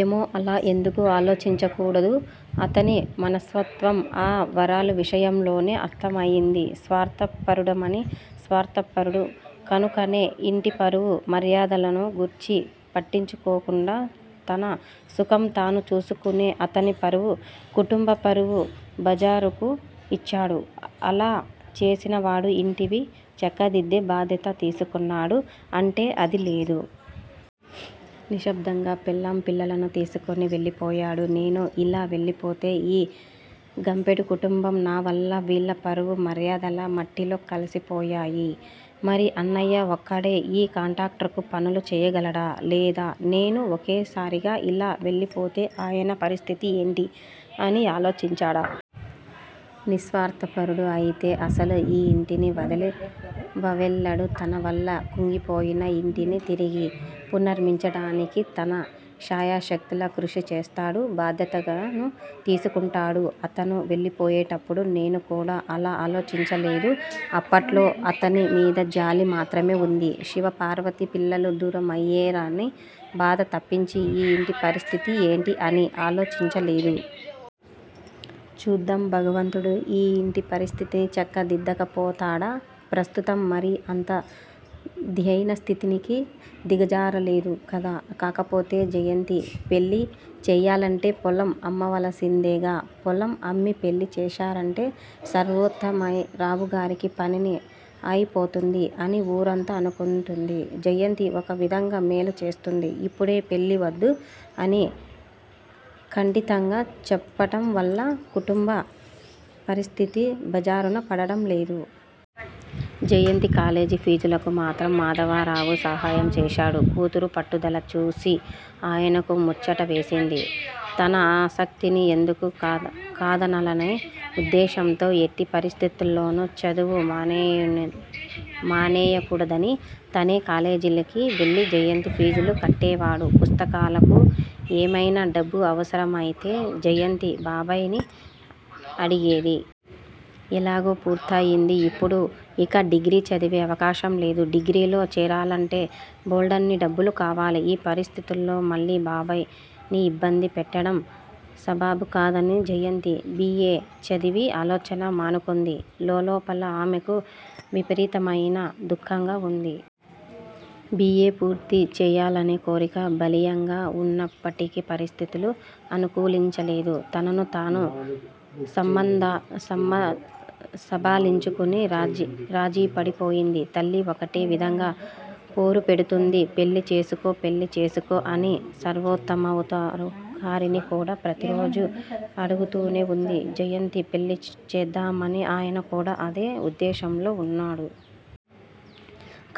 ఏమో అలా ఎందుకు ఆలోచించకూడదు? అతని మనస్తత్వం ఆ వరాలు విషయంలోనే అర్ధమయింది స్వార్ధపరుడమని. స్వార్ధపరుడు కనుకనే ఇంటి పరువు మర్యాదలను గూర్చి పట్టించుకోకుండా తన సుఖం తానూ చూసుకుని అతని పరువు, కుటుంబ పరువు బజారుకు ఈడ్చాడు. అలా చేసిన వాడు ఇంటిని చక్కదిద్దే భాద్యత తీసుకున్నాడు అంటే అది లేదు. నిశ్శబ్దంగా పెళ్ళాం పిల్లలను తీసుకుని వెళ్ళిపోయాడు. నేను ఇలా వెళ్ళిపోతే ఈ గంపెడు కుటుంబం నా వల్ల వీళ్ళ పరువు మర్యాదల మట్టిలో కలిసిపోయాయి, మరి అన్నయ్య ఒక్కడే ఈ కాంట్రాక్టు పనులు చేయగలడా? లేదా? నేను ఒకేసారిగా ఇలా వెళ్ళిపోతే అయన పరిస్థితి ఏంటి అని ఆలోచించాడా? నిస్వార్ధపరుడు అయితే అసలు ఈ ఇంటిని వదిలి వవెళ్ళడు. తన వల్ల కుంగిపోయిన ఇంటిని తిరిగి పునఃనిర్మించటానికి తన శాయశక్తులా కృషి చేస్తాడు. భాద్యతగాను తీసుకుంటాడు. అతను వెళ్ళిపోయేటప్పుడు నేను కూడా అలా ఆలోచించలేదు. అప్పట్లో అతని మీద జాలి మాత్రమే వుంది. శివపార్వతి పిల్లలు దూరమయ్యెరనే బాధ తప్పించి ఈ ఇంటి పరిస్థితి ఏంటి అని ఆలోచించలేదు. చూద్దాం భగవంతుడు ఈ ఇంటి పరిస్థితిని చక్కదిద్దకపోతాడా? ప్రస్తుతం మరీ అంత దైన్యస్థితికి దిగజారలేదు కదా? కాకపొతే జయంతి పెళ్ళి చేయాలంటే పొలం అమ్మవలసిందేగా. పొలం అమ్మి పెళ్ళి చేశారంటే సర్వోత్తమరావుగారికి పని అయిపోతుంది అని ఊరంతా అనుకుంటుంది. జయంతి ఒక విధంగా మేలేచేస్తుంది. ఇప్పుడే పెళ్ళి వద్దు అని ఖండితంగా చెప్పటంవల్ల కుటుంబపరిస్థితి బజారున పడటంలేదు. జయంతి కాలేజి ఫీజులకు మాత్రం మాధవరావు సహాయం చేశాడు. కూతురు పట్టుదల చూసి ఆయనకు ముచ్చట వేసింది. తన ఆసక్తిని ఎందుకు కాదనలనే ఉద్దేశంతో ఎట్టి పరిస్థితిల్లోను చదువు మానేయకుడదని తనే కాలేజిలకి వెళ్ళి జయంతి ఫీజులు కట్టేవాడు. పుస్తకాలకు ఏమైనా డబ్బు అవసరమైతే జయంతి బాబాయ్ ని అడిగేది. ఎలాగో పూర్తయింది. ఇప్పుడు ఇక డిగ్రి చదివే అవకాశం లేదు. డిగ్రీలో చేరాలంటే బోల్డన్ని డబ్బులు కావాలి. ఈ పరిస్థితుల్లో మళ్ళీ బాబాయ్ ని ఇబ్బంది పెట్టడం సబబు కాదని జయంతి బి. ఎ. చదివే ఆలోచన మానుకుంది. లోలోపల ఆమెకు విపరీతమైన దుఃఖంగా వుంది. బి. ఎ. పూర్తిచేయాలనే కోరిక బలీయంగా వున్నప్పటికీ పరిస్థితులు అనుకూలించలేదు. తనను తాను సంభాళించుకుని రాజీపడిపోయింది. తల్లీ ఒకటే విధంగా పోరుపెడుతుంది పెళ్ళి చేసుకో, పెళ్ళి చేసుకో అని, సర్వోత్తమరావుగారిని కూడా ప్రతిరోజూ అడుగుతూనే వుంది జయంతి పెళ్ళిచేద్దామని. అయన కూడా అదే వుద్దేశంలో వున్నాడు.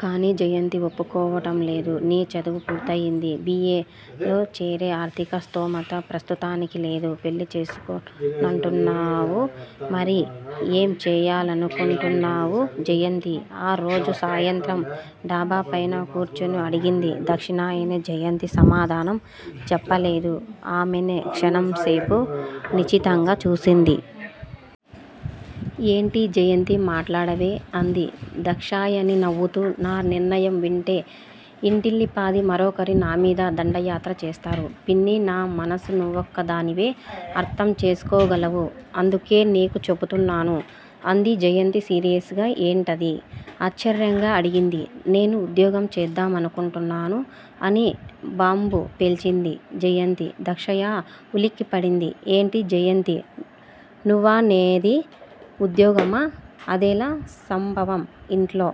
కానీ జయంతి ఒప్పుకోవటంలేదు. నీ చదువు పూర్తయింది. బి. ఎ. లో చేరే ఆర్ధిక స్థోమత ప్రస్తుతానికి లేదు. పెళ్ళిచేసుకోనంటున్నావు మరి ఏం చేయాలనుకుంటున్నావు జయంతీ? ఆరోజు సాయంత్రం డాబాపైన కూర్చుని అడిగింది దాక్షాయణి. జయంతి సమాధానం చెప్పలేదు. ఆమెనే క్షణం సేపు నిశితంగా చూసింది. ఏంటి జయంతీ! మాట్లాడవే అంది దాక్షాయణి నవ్వుతూ. నా నిర్ణయం వింటే ఇంటిల్లిపాదీ మరొకరి నామీద దండయాత్ర చేస్తారు పిన్నీ! నా మనసు నువ్వొక్కదానివే అర్ధం చేసుకోగలవు. అందుకే నీకు చెపుతున్నాను. అంది జయంతి సీరియస్ గా. ఏంటది!? ఆశ్చర్యంగా అడిగింది. నేను ఉద్యోగం చేద్దామనుకుంటున్నాను అని బాంబు పేల్చింది జయంతి. దాక్షాయ ఉలిక్కిపడింది. ఏంటి జయంతీ! నువ్వనేది ఉద్యోగమా? అదెలా సంభవం? ఇంట్లో